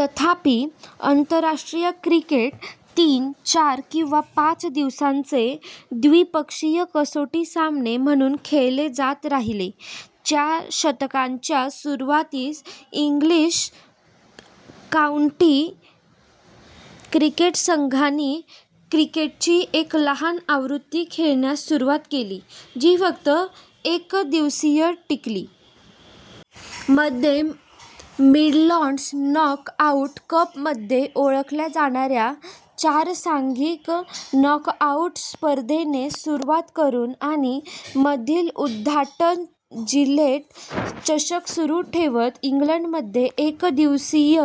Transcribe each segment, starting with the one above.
तथापि, आंतरराष्ट्रीय क्रिकेट तीन, चार किंवा पाच दिवसांचे द्विपक्षीय कसोटी सामने म्हणून खेळले जात राहिले. च्या दशकाच्या सुरुवातीस, इंग्लिश काउंटी क्रिकेट संघांनी क्रिकेटची एक लहान आवृत्ती खेळण्यास सुरुवात केली जी फक्त एक दिवस टिकली. मध्ये मिडलँड्स नॉक-आउट कप म्हणून ओळखल्या जाणाऱ्या चार-सांघिक नॉकआऊट स्पर्धेने सुरुवात करून आणि मधील उद्घाटन जिलेट चषक सुरू ठेवत, इंग्लंडमध्ये एकदिवसीय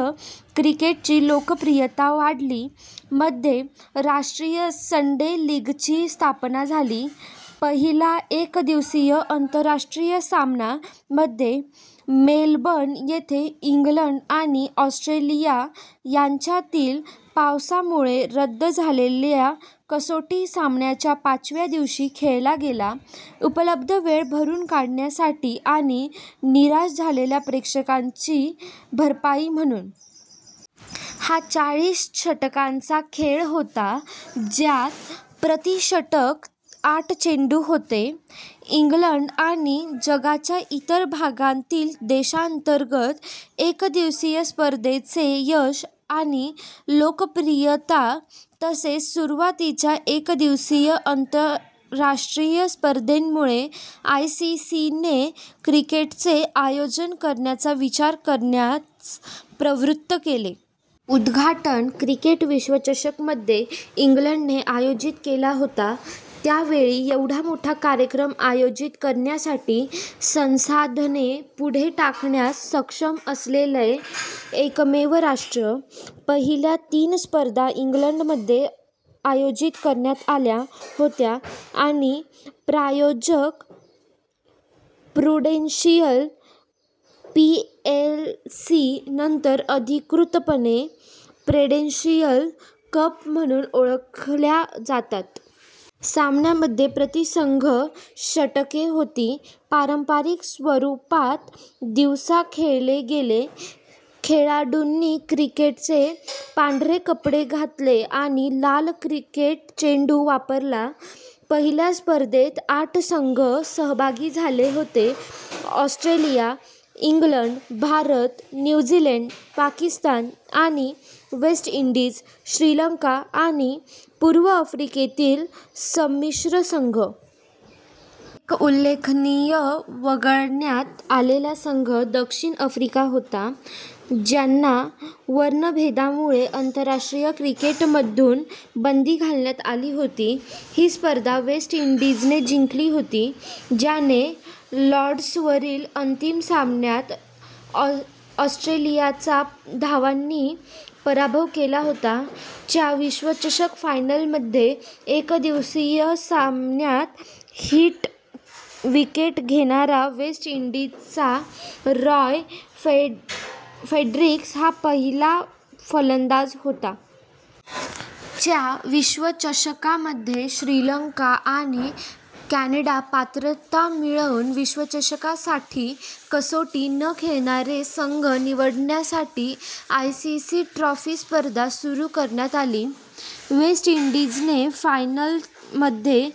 क्रिकेटची लोकप्रियता वाढली. मध्ये राष्ट्रीय संडे लीगची स्थापना झाली. पहिला एक-दिवसीय आंतरराष्ट्रीय सामना मध्ये मेलबर्न येथे इंग्लंड आणि ऑस्ट्रेलिया यांच्यातील पावसामुळे रद्द झालेल्या कसोटी सामन्याच्या पाचव्या दिवशी खेळला गेला, उपलब्ध वेळ भरून काढण्यासाठी आणि निराश झालेल्या प्रेक्षकांची भरपाई म्हणून. हा चाळीस षटकांचा खेळ होता ज्यात प्रति षटक आठ चेंडू होते. इंग्लंड आणि जगाच्या इतर भागांतील देशांतर्गत एकदिवसीय स्पर्धांचे यश आणि लोकप्रियता, तसेच सुरुवातीच्या एकदिवसीय आंतरराष्ट्रीय स्पर्धांमुळे आयसीसीने क्रिकेटचे आयोजन करण्याचा विचार करण्यास प्रवृत्त केले. उद्घाटन क्रिकेट विश्वचषक मध्ये इंग्लंडने आयोजित केला होता, त्या वेळी एवढा मोठा कार्यक्रम आयोजित करण्यासाठी संसाधने पुढे टाकण्यास सक्षम असलेले एकमेव राष्ट्र. पहिल्या तीन स्पर्धा इंग्लंडमध्ये आयोजित करण्यात आल्या होत्या आणि प्रायोजक प्रुडेंशियल पीएलसी नंतर अधिकृतपणे प्रुडेंशियल कप म्हणून ओळखल्या जातात. सामन्यांमध्ये प्रति संघ षटके होती, पारंपारिक स्वरूपात दिवसा खेळले गेले, खेळाडूंनी क्रिकेटचे पांढरे कपडे घातले आणि लाल क्रिकेट चेंडू वापरला. पहिल्या स्पर्धेत आठ संघ सहभागी झाले होते: Australia, England, Bharat, New Zealand, Pakistan आणि वेस्ट इंडीज, श्रीलंका आणि पूर्व आफ्रिकेतील संमिश्र संघ. एक उल्लेखनीय वगळण्यात आलेला संघ दक्षिण आफ्रिका होता, ज्यांना वर्णभेदामुळे आंतरराष्ट्रीय क्रिकेटमधून बंदी घालण्यात आली होती. ही स्पर्धा वेस्ट इंडीजने जिंकली होती, ज्याने लॉर्ड्सवरील अंतिम सामन्यात ऑस्ट्रेलियाचा धावांनी पराभव केला होता. च्या विश्वचषक फायनलमध्ये एकदिवसीय सामन्यात हिट विकेट घेणारा वेस्ट इंडीजचा रॉय फ्रेडरिक्स हा पहिला फलंदाज होता. च्या विश्वचषकामध्ये श्रीलंका आणि कॅनडा पात्रता मिळवून विश्वचषकासाठी कसोटी न खेळणारे संघ निवडण्यासाठी आयसीसी ट्रॉफी स्पर्धा सुरू करण्यात आली. वेस्ट इंडीजने फायनलमध्ये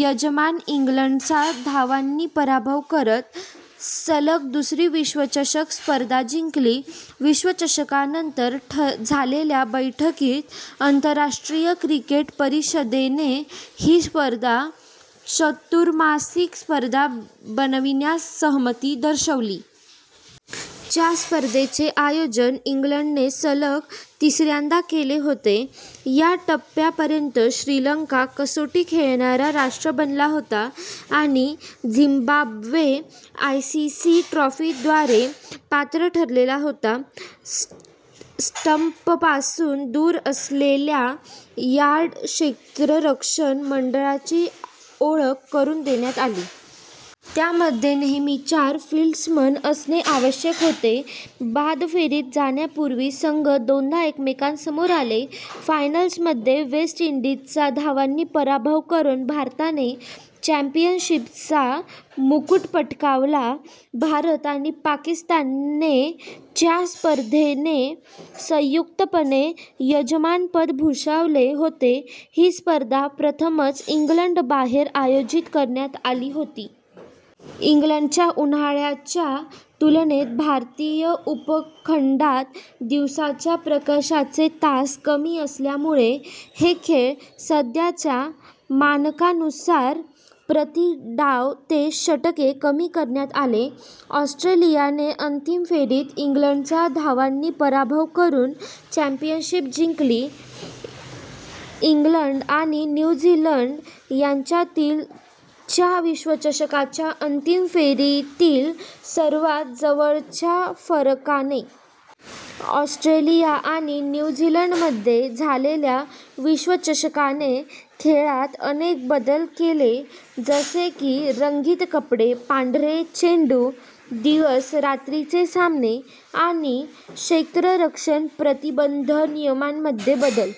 यजमान इंग्लंडचा धावांनी पराभव करत सलग दुसरी विश्वचषक स्पर्धा जिंकली. विश्वचषकानंतर झालेल्या बैठकीत, आंतरराष्ट्रीय क्रिकेट परिषदेने ही स्पर्धा चतुर्मासिक स्पर्धा बनविण्यास सहमती दर्शविली. च्या स्पर्धेचे आयोजन इंग्लंडने सलग तिसऱ्यांदा केले होते. या टप्प्यापर्यंत, श्रीलंका कसोटी खेळणारा राष्ट्र बनला होता आणि झिम्बाब्वे आयसीसी ट्रॉफीद्वारे पात्र ठरला होता. स्टंपपासून दूर असलेल्या यार्ड क्षेत्ररक्षण मंडळाची ओळख करून देण्यात आली. त्यामध्ये नेहमी चार फील्ड्समन असणे आवश्यक होते. बाद फेरीत जाण्यापूर्वी संघ दोनदा एकमेकांसमोर आले. फायनलमध्ये वेस्ट इंडीजचा धावांनी पराभव करून भारताने चॅम्पियनचा मुकुट पटकावला. भारत आणि पाकिस्तानने च्या स्पर्धेचे संयुक्तपणे यजमानपद भूषवले होते, ही स्पर्धा प्रथमच इंग्लंडबाहेर आयोजित करण्यात आली होती. इंग्लंडच्या उन्हाळ्याच्या तुलनेत भारतीय उपखंडात दिवसाच्या प्रकाशाचे तास कमी असल्यामुळे हे खेळ सध्याच्या मानकानुसार प्रति डाव ते षटके कमी करण्यात आले. ऑस्ट्रेलियाने अंतिम फेरीत इंग्लंडचा धावांनी पराभव करून चॅम्पियनशिप जिंकली, इंग्लंड आणि न्यू झीलंड यांच्यातील च्या विश्वचषकाच्या अंतिम फेरीतील सर्वात जवळच्या फरकाने. ऑस्ट्रेलिया आणि न्यू झीलंडमध्ये झालेल्या विश्वचषकाने खेळात अनेक बदल केले, जसे की रंगीत कपडे, पांढरे चेंडू, दिवस/रात्रीचे सामने आणि क्षेत्ररक्षण प्रतिबंध नियमांमध्ये बदल.